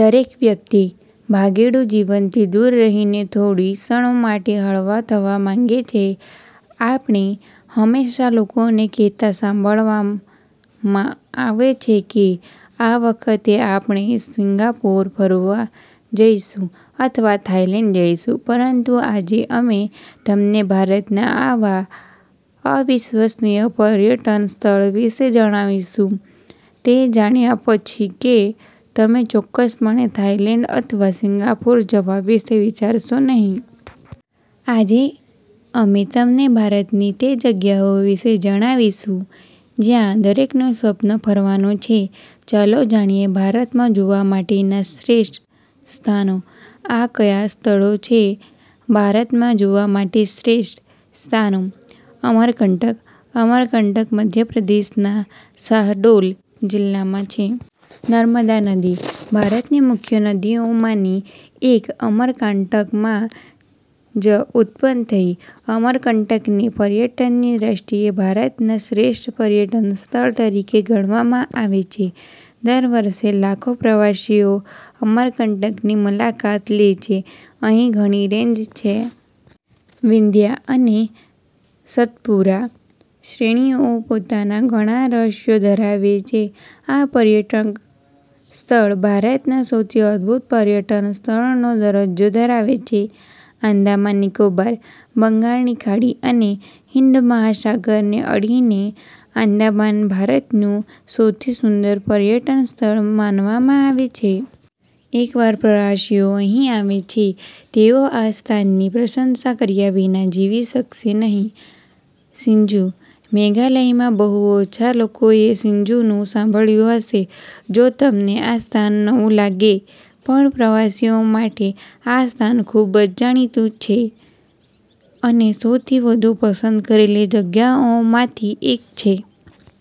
દરેક વ્યક્તિ ભાગેડુ જીવનથી દૂર રહીને થોડી ક્ષણો માટે હળવા થવા માંગે છે. આપણે હંમેશાં લોકોને કહેતા સાંભળવામાં આવે છે કે, આ વખતે આપણે સિંગાપોર ફરવા જઈશું, અથવા થાઇલેન્ડ જઈશું. પરંતુ, આજે અમે તમને ભારતના આવા અવિશ્વસનીય પર્યટન સ્થળ વિશે જણાવીશું, તે જાણ્યા પછી કે, તમે ચોક્કસપણે થાઇલેન્ડ અથવા સિંગાપોર જવા વિશે વિચારશો નહીં. આજે અમે તમને ભારતની તે જગ્યાઓ વિશે જણાવીશું જ્યાં દરેકનું સ્વપ્ન ફરવાનું છે. ચાલો જાણીએ ભારતમાં જોવા માટેના શ્રેષ્ઠ સ્થાનો – આ કયા સ્થળો છે. ભારતમાં જોવા માટે શ્રેષ્ઠ સ્થાનો:. અમરકંટક: અમરકંટક મધ્યપ્રદેશના શાહડોલ જિલ્લામાં છે. નર્મદા નદી, ભારતની મુખ્ય નદીઓમાંની એક, અમરકાંટકમાં જ ઉત્પન્ન થઈ. અમરકંટકને પર્યટનની દ્રષ્ટિએ ભારતના શ્રેષ્ઠ પર્યટન સ્થળ તરીકે ગણવામાં આવે છે. દર વર્ષે લાખો પ્રવાસીઓ અમરકંટકની મુલાકાત લે છે. અહીં ઘણી રેન્જ છે. વિંધ્યા અને સત્પુરા શ્રેણીઓ પોતામાં ઘણા રહસ્યો ધરાવે છે. આ પર્યટક સ્થળ ભારતના સૌથી અદભૂત પર્યટન સ્થળનો દરજ્જો ધરાવે છે.. આંદામાન-નિકોબાર: બંગાળની ખાડી અને હિંદ મહાસાગરને અડીને આંદામાન ભારતનું સૌથી સુંદર પર્યટન સ્થળ માનવામાં આવે છે. એકવાર પ્રવાસીઓ અહીં આવે છે, તેઓ આ સ્થાનની પ્રશંસા કર્યા વિના જીવી શકશે નહીં.. સિજુ: મેઘાલયમાં બહુ ઓછા લોકોએ સિજુનું સાંભળ્યું હશે. જો તમને આ સ્થાન નવું લાગે, પણ પ્રવાસીઓ માટે, આ સ્થાન ખૂબ જાણીતું છે અને સૌથી વધુ પસંદ કરેલી જગ્યાઓમાંથી એક છે.